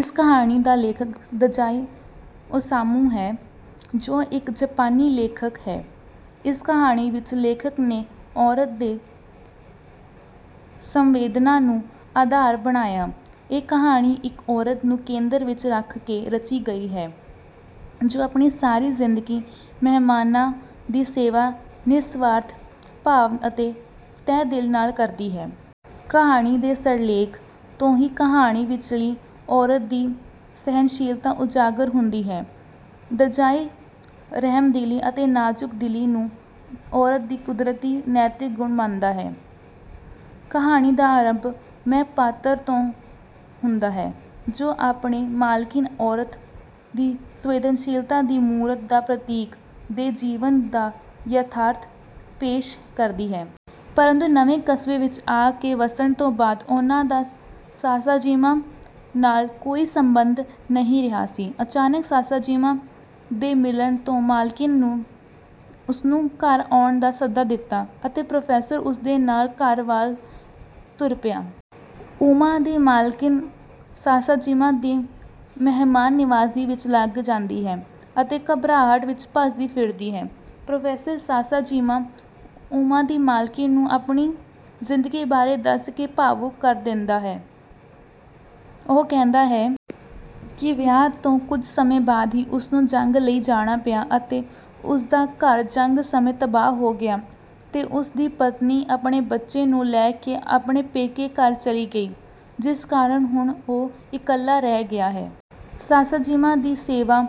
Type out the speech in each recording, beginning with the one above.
ਇਸ ਕਹਾਣੀ ਦਾ ਲੇਖਕ ਦਜ਼ਾਈ ਓਸਾਮੂ ਹੈ ਜੋ ਇੱਕ ਜਪਾਨੀ ਲੇਖਕ ਹੈ। ਇਸ ਕਹਾਣੀ ਵਿੱਚ ਲੇਖਕ ਨੇ ਔਰਤ ਦੀ ਸੰਵੇਦਨਾ ਨੂੰ ਆਧਾਰ ਬਣਾਇਆ। ਇਹ ਕਹਾਣੀ ਇੱਕ ਔਰਤ ਨੂੰ ਕੇਂਦਰ ਵਿੱਚ ਰੱਖ ਕੇ ਰਚੀ ਗਈ ਹੈ ਜੋ ਆਪਣੀ ਸਾਰੀ ਜ਼ਿੰਦਗੀ ਮਹਿਮਾਨਾਂ ਦੀ ਸੇਵਾ ਨਿਰਸਵਾਰਥ ਭਾਵ ਅਤੇ ਤਹਿ ਦਿਲ ਨਾਲ ਕਰਦੀ ਹੈ। ਕਹਾਣੀ ਦੇ ਸਿਰਲੇਖ ਤੋਂ ਹੀ ਕਹਾਣੀ ਵਿਚਲੀ ਔਰਤ ਦੀ ਸਹਿਨਸ਼ੀਲਤਾ ਉਜਾਗਰ ਹੁੰਦੀ ਹੈ। ਦਜ਼ਾਈ ਰਹਿਮਦਿਲੀ ਅਤੇ ਨਾਜ਼ੁਕ ਦਿਲੀ ਨੂੰ ਔਰਤ ਦੀ ਕੁਦਰਤੀ ਨੈਤਿਕ ਗੁਣ ਮੰਨਦਾ ਹੈ। ਕਹਾਣੀ ਦਾ ਆਰੰਭ ਮੈਂ ਪਾਤਰ ਤੋਂ ਹੁੰਦਾ ਹੈ ਜੋ ਆਪਣੀ ਮਾਲਕਿਨ, ਔਰਤ ਦੀ ਸੰਵੇਦਨਸ਼ੀਲਤਾ ਦੀ ਮੂਰਤ ਦਾ ਪ੍ਰਤੀਕ, ਦੇ ਜੀਵਨ ਦਾ ਯਥਾਰਥ ਪੇਸ਼ ਕਰਦੀ ਹੈ। ਪਰੰਤੂ ਨਵੇਂ ਕਸਬੇ ਵਿੱਚ ਆ ਕੇ ਵਸਣ ਤੋਂ ਬਾਅਦ ਉਹਨਾਂ ਦਾ ਸਾਸਾਜੀਮਾ ਨਾਲ ਕੋਈ ਸੰਬਧ ਨਹੀਂ ਰਿਹਾ ਸੀ। ਅਚਾਨਕ ਸਾਸਾਜੀਮਾ ਦੇ ਮਿਲਣ ਤੋਂ ਮਾਲਕਿਨ ਨੇ ਉਸਨੂੰ ਘਰ ਆਉਣ ਦਾ ਸੱਦਾ ਦਿੱਤਾ ਅਤੇ ਪ੍ਰੋਫੈਸਰ ਉਸ ਦੇ ਨਾਲ ਘਰ ਵਾਲ ਤੁਰ ਪਿਆ। ਉਮਾ ਦੀ ਮਾਲਕਿਨ ਸਾਸਾਜੀਮਾ ਦੀ ਮਹਿਮਾਨ ਨਿਵਾਜ਼ੀ ਵਿੱਚ ਲੱਗ ਜਾਂਦੀ ਹੈ ਅਤੇ ਘਬਰਾਹਟ ਵਿੱਚ ਭੱਜਦੀ ਫਿਰਦੀ ਹੈ। ਪ੍ਰੋਫੈਸਰ ਸਾਸਾਜਿਮਾ, ਉਮਾ ਦੀ ਮਾਲਕਿਨ ਨੂੰ ਆਪਣੀ ਜ਼ਿੰਦਗੀ ਬਾਰੇ ਦੱਸ ਕੇ ਭਾਵੁਕ ਕਰ ਦਿੰਦਾ ਹੈ। ਉਹ ਕਹਿੰਦਾ ਹੈ ਕਿ ਵਿਆਹ ਤੋਂ ਕੁੱਝ ਸਮੇਂ ਬਾਅਦ ਹੀ ਉਸਨੂੰ ਜੰਗ ਲਈ ਜਾਣਾ ਪਿਆ ਅਤੇ ਉਸ ਦਾ ਘਰ ਜੰਗ ਸਮੇਂ ਤਬਾਹ ਹੋ ਗਿਆ ਤੇ ਉਸ ਦੀ ਪਤਨੀ ਆਪਣੇ ਬੱਚੇ ਨੂੰ ਲੈ ਕੇ ਆਪਣੇ ਪੇਕੇ ਘਰ ਚਲੀ ਗਈ ਹੈ ਜਿਸ ਕਾਰਨ ਹੁਣ ਓਹ ਇਕੱਲਾ ਰਹਿ ਗਿਆ ਹੈ। ਸਾਸਾਜੀਮਾ ਦੀ ਸੇਵਾ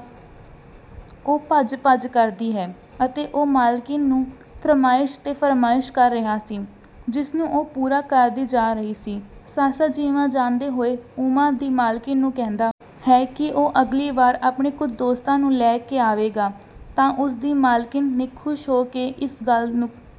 ਉਹ ਭੱਜ-ਭੱਜ ਕਰਦੀ ਹੈ ਅਤੇ ਉਹ ਮਾਲਕਿਨ ਨੂੰ ਫਰਮਾਇਸ਼ ਤੇ ਫਰਮਾਇਸ਼ ਕਰ ਰਿਹਾ ਸੀ ਜਿਸ ਨੂੰ ਉਹ ਪੂਰਾ ਕਰਦੀ ਜਾ ਰਹੀ ਸੀ। ਸਾਸਾਜੀਮਾ ਜਾਂਦੇ ਹੋਏ ਉਮਾ ਦੀ ਮਾਲਕਿਨ ਨੂੰ ਕਹਿੰਦਾ ਹੈ ਕਿ ਉਹ ਅਗਲੀ ਵਾਰ ਆਪਣੇ ਕੁੱਝ ਦੋਸਤਾਂ ਨੂੰ ਲੈ ਕੇ ਆਵੇਗਾ ਤਾਂ ਉਸ ਦੀ ਮਾਲਕਿਨ ਨੇ ਖੁਸ਼ ਹੋ ਕੇ ਇਸ ਗੱਲ ਨੂੰ